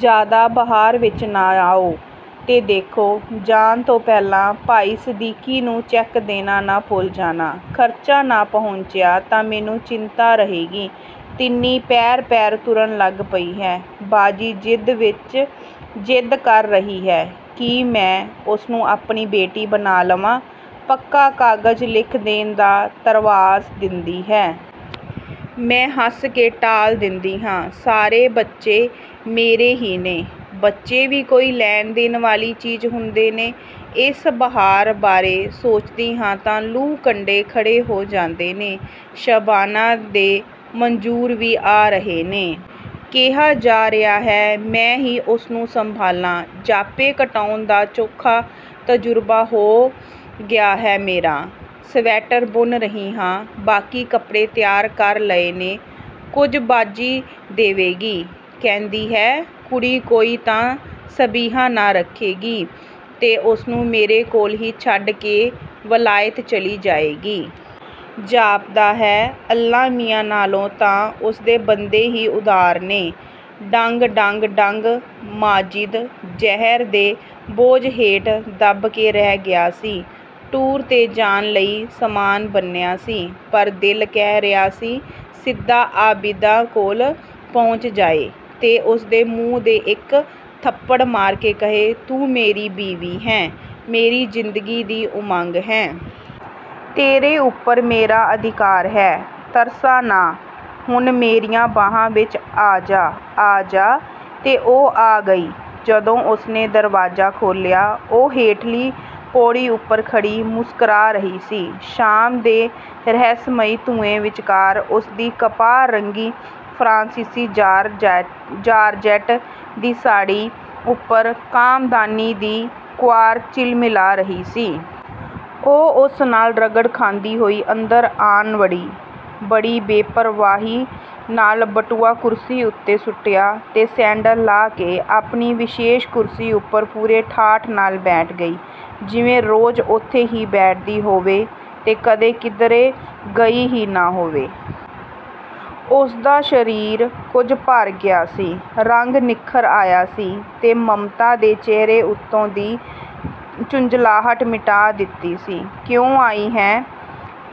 "ਜ਼ਿਆਦਾ ਬਹਾਰ ਵਿੱਚ ਨਾ ਆਓ; ਤੇ ਦੇਖੋ, ਜਾਣ ਤੋਂ ਪਹਿਲਾਂ ਭਾਈ ਸਦੀਕੀ ਨੂੰ ਚੈੱਕ ਦੇਣਾ ਨਾ ਭੁੱਲ ਜਾਣਾ, ਖਰਚਾ ਨਾ ਪਹੁੰਚਿਆ ਤਾਂ ਮੈਨੂੰ ਚਿੰਤਾ ਰਹੇਗੀ। ਤਿੰਨੀ, ਪੈਰ-ਪੈਰ ਤੁਰਨ ਲੱਗ ਪਈ ਹੈ। ਬਾਜੀ ਜ਼ਿੱਦ ਕਰ ਰਹੀ ਹੈ ਕਿ ਮੈਂ ਉਸਨੂੰ ਆਪਣੀ ਬੇਟੀ ਬਣਾ ਲਵਾਂ- ਪੱਕਾ ਕਾਗਜ਼ ਲਿਖ ਦੇਣ ਦਾ ਧਰਵਾਸ ਦਿੰਦੀ ਹੈ। ਮੈਂ ਹੱਸ ਕੇ ਟਾਲ ਦੇਂਦੀ ਹਾਂ, ਸਾਰੇ ਬੱਚੇ ਮੇਰੇ ਹੀ ਨੇ। ਬੱਚੇ ਵੀ ਕੋਈ ਲੈਣ-ਦੇਣ ਵਾਲੀ ਚੀਜ਼ ਹੁੰਦੇ ਨੇ! ਇਸ ਵਿਹਾਰ ਬਾਰੇ ਸੋਚਦੀ ਹਾਂ ਤਾਂ ਲੂੰ-ਕੰਡੇ ਖੜ੍ਹੇ ਹੋ ਜਾਂਦੇ ਨੇ। ਸ਼ਬਾਨਾ ਤੇ ਮੰਜ਼ੂਰ ਵੀ ਆ ਰਹੇ ਨੇ। ਕਿਹਾ ਜਾ ਰਿਹਾ ਹੈ, ਮੈਂ ਹੀ ਉਸਨੂੰ ਸੰਭਾਲਾਂ, ਜਾਪੇ ਕਟਾਉਣ ਦਾ ਚੋਖਾ ਤਜ਼ੁਰਬਾ ਹੋ ਗਿਆ ਹੈ ਮੇਰਾ। ਸਵੈਟਰ ਬੁਣ ਰਹੀ ਹਾਂ। ਬਾਕੀ ਕੱਪੜੇ ਤਿਆਰ ਕਰ ਲਏ ਨੇ। ਕੁਝ ਬਾਜੀ ਦੇਵੇਗੀ। ਕਹਿੰਦੀ ਹੈ, ਕੁੜੀ ਹੋਈ ਤਾਂ ਸਬਿਹਾ ਨਾਂ ਰੱਖੇਗੀ ਤੇ ਉਸਨੂੰ ਮੇਰੇ ਕੋਲ ਹੀ ਛੱਡ ਕੇ ਵਲਾਇਤ ਚਲੀ ਜਾਏਗੀ। ਜਾਪਦਾ ਹੈ, ਅੱਲਾ ਮੀਆਂ ਨਾਲੋਂ ਤਾਂ ਉਸਦੇ ਬੰਦੇ ਹੀ ਉਦਾਰ ਨੇ।" ਡੰਗ, ਡੰਗ, ਡੰਗ--ਮਾਜਿਦ ਜ਼ਹਿਰ ਦੇ ਬੋਝ ਹੇਠ ਦਬ ਕੇ ਰਹਿ ਗਿਆ ਸੀ। ਟੂਰ 'ਤੇ ਜਾਣ ਲਈ ਸਾਮਾਨ ਬੰਨ੍ਹਿਆ ਸੀ, ਪਰ ਦਿਲ ਕਹਿ ਰਿਹਾ ਸੀ, ਸਿੱਧਾ ਆਬਿਦਾ ਕੋਲ ਪਹੁੰਚ ਜਾਏ ਤੇ ਉਸਦੇ ਮੂੰਹ 'ਤੇ ਇੱਕ ਥੱਪੜ ਮਾਰ ਕੇ ਕਹੇ, ਤੂੰ ਮੇਰੀ ਬੀਵੀ ਹੈਂ, ਮੇਰੀ ਜ਼ਿੰਦਗੀ ਦੀ ਉਮੰਗ ਹੈਂ। ਤੇਰੇ ਉੱਪਰ ਮੇਰਾ ਅਧਿਕਾਰ ਹੈ। ਤਰਸਾ ਨਾ, ਹੁਣ ਮੇਰੀਆਂ ਬਾਹਾਂ ਵਿੱਚ ਆ ਜਾ, ਆ ਜਾ। ਤੇ ਉਹ ਆ ਗਈ। ਜਦੋਂ ਉਸਨੇ ਦਰਵਾਜ਼ਾ ਖੋਲ੍ਹਿਆ, ਉਹ ਹੇਠਲੀ ਪੌੜੀ ਉੱਪਰ ਖੜ੍ਹੀ ਮੁਸਕਰਾ ਰਹੀ ਸੀ। ਸ਼ਾਮ ਦੇ ਰਹੱਸਮਈ ਧੂੰਏਂ ਵਿੱਚਕਾਰ ਉਸਦੀ ਕਪਾਹ-ਰੰਗੀ ਫਰਾਂਸੀਸੀ ਜਾਰਜੈਟ ਦੀ ਸਾੜ੍ਹੀ ਉੱਪਰ ਕਾਮਦਾਨੀ ਦੀ ਕੁਆਰ ਝਿਲਮਿਲਾ ਰਹੀ ਸੀ। ਉਹ ਉਸ ਨਾਲ ਰਗੜ ਖਾਂਦੀ ਹੋਈ ਅੰਦਰ ਆਣ ਵੜੀ। ਬੜੀ ਬੇਪ੍ਰਵਾਹੀ ਨਾਲ ਬਟੂਆ ਕੁਰਸੀ ਉੱਤੇ ਸੁੱਟਿਆ ਤੇ ਸੈਂਡਲ ਲਾਹ ਕੇ ਆਪਣੀ ਵਿਸ਼ੇਸ਼ ਕੁਰਸੀ ਉੱਪਰ ਪੂਰੇ ਠਾਠ ਨਾਲ ਬੈਠ ਗਈ। ਜਿਵੇਂ ਰੋਜ਼ ਉੱਥੇ ਹੀ ਬੈਠਦੀ ਹੋਵੇ ਤੇ ਕਦੇ ਕਿਧਰੇ ਗਈ ਹੀ ਨਾ ਹੋਵੇ। ਉਸਦਾ ਸਰੀਰ ਕੁਝ ਭਰ ਗਿਆ ਸੀ; ਰੰਗ ਨਿੱਖਰ ਆਇਆ ਸੀ ਤੇ ਮਮਤਾ ਨੇ ਚਿਹਰੇ ਉੱਤੋਂ ਦੀ ਝੁੰਜਲਾਹਟ ਮਿਟਾ ਦਿੱਤੀ ਸੀ। "ਕਿਉਂ ਆਈ ਹੈਂ?"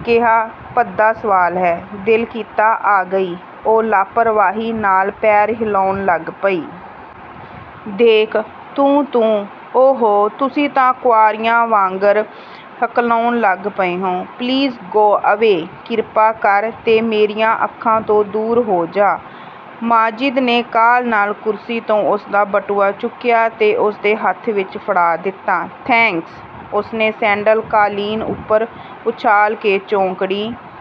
"ਕਿਹਾ ਭੱਦਾ ਸਵਾਲ ਹੈ! ਦਿਲ ਕੀਤਾ ਆ ਗਈ।" ਉਹ ਲਾਪਰਵਾਹੀ ਨਾਲ ਪੈਰ ਹਿਲਾਉਣ ਲੱਗ ਪਈ। "ਦੇਖ, ਤੂੰ, ਤੂੰ!" "ਓ-ਹੋ, ਤੁਸੀਂ ਤਾਂ ਕੁਆਰੀਆਂ ਵਾਂਗਰ ਹਕਲਾਉਣ ਲੱਗ ਪਏ ਹੋ!" "Please go away. ਕਿਰਪਾ ਕਰ, ਤੇ ਮੇਰੀਆਂ ਅੱਖਾਂ ਤੋਂ ਦੂਰ ਹੋ ਜਾ।" ਮਾਜਿਦ ਨੇ ਕਾਹਲ ਨਾਲ ਕੁਰਸੀ ਤੋਂ ਉਸਦਾ ਬਟੂਆ ਚੁੱਕਿਆ ਤੇ ਉਸਦੇ ਹੱਥ ਵਿੱਚ ਫੜਾ ਦਿੱਤਾ। "ਥੈਂਕਸ," ਉਸਨੇ ਸੈਂਡਲ ਕਾਲੀਨ ਉੱਪਰ ਉਛਾਲ ਕੇ ਚੌਂਕੜੀ